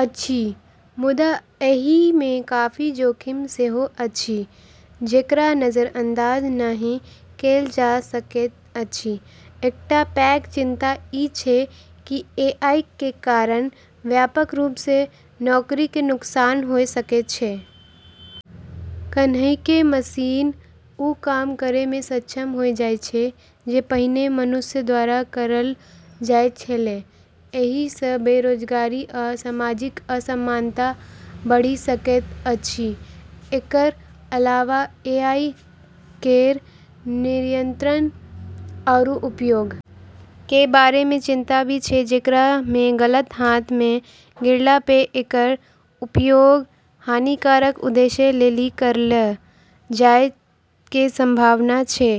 अछि मुदा एहि मे काफी जोखिम सेहो अछि जेकरा नजरअंदाज नहि कैल जा सकैत अछि, एकटा पैघ चिंता ई छै कि एआई के कारण व्यापक रूप से नौकरी के नुकसान होय सकै छै, कैन्हेंकि मशीन उ काम करै मे सक्षम होय जाय छै जे पहिने मनुष्य द्वारा करलऽ जाय छेलै, एहि स बेरोजगारी आ सामाजिक असमानता बढ़ि सकैत अछि, एकरऽ अलावा एआई केरऽ नियंत्रण आरू उपयोग के बारे मे चिंता भी छै जेकरा मे गलत हाथऽ मे गिरला पे एकरऽ उपयोग हानिकारक उद्देश्य लेली करलऽ जाय के संभावना छै,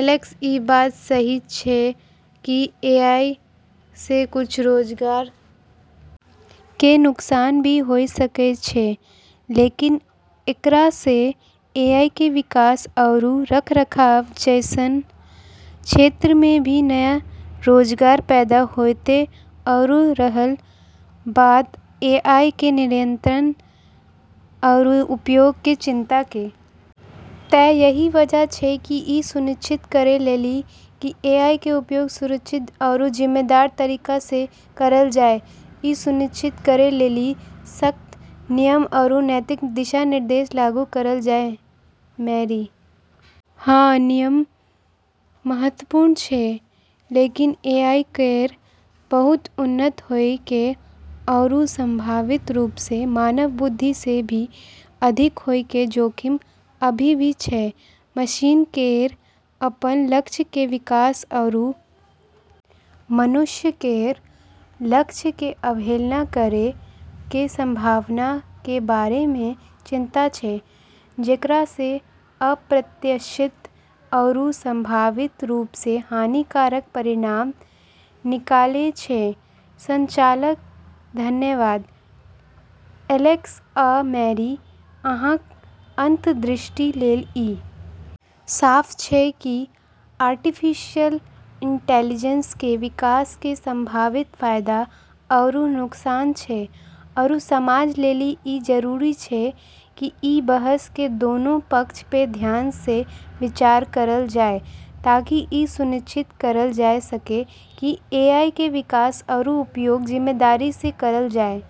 एलेक्स ई बात सही छै कि एआई से कुछ रोजगार के नुकसान भी होय सकै छै लेकिन एकरा से एआई के विकास आरू रखरखाव जैसनऽ क्षेत्र मे भी नया रोजगार पैदा होतै आरू रहल बात एआई के नियंत्रण आरू उपयोग के चिंता के तै यही वजह छै कि ई सुनिश्चित करै लेली कि एआई के उपयोग सुरक्षित आरू जिम्मेदार तरीका से करलऽ जाय, ई सुनिश्चित करै लेली सख्त नियम आरू नैतिक दिशा-निर्देश लागू करलऽ जाय, मैरी हाँ, नियम महत्वपूर्ण छै लेकिन एआई केरऽ बहुत उन्नत होय के आरू संभावित रूप से मानव बुद्धि से भी अधिक होय के जोखिम अभी भी छै, मशीन केरऽ अपनऽ लक्ष्य के विकास आरू मनुष्य केरऽ लक्ष्य के अवहेलना करै के संभावना के बारे मे चिंता छै, जेकरा से अप्रत्याशित आरू संभावित रूप से हानिकारक परिणाम निकलै छै, संचालक धन्यवाद, एलेक्स आ मैरी, अहाँक अंतर्दृष्टि लेल ई साफ छै कि आर्टिफिशियल इंटेलिजेंस के विकास के संभावित फायदा आरू नुकसान छै आरू समाज लेली ई जरूरी छै कि ई बहस के दोनों पक्ष पे ध्यान से विचार करलऽ जाय ताकि ई सुनिश्चित करलऽ जाय सके कि एआई के विकास आरू उपयोग जिम्मेदारी से करलऽ जाय।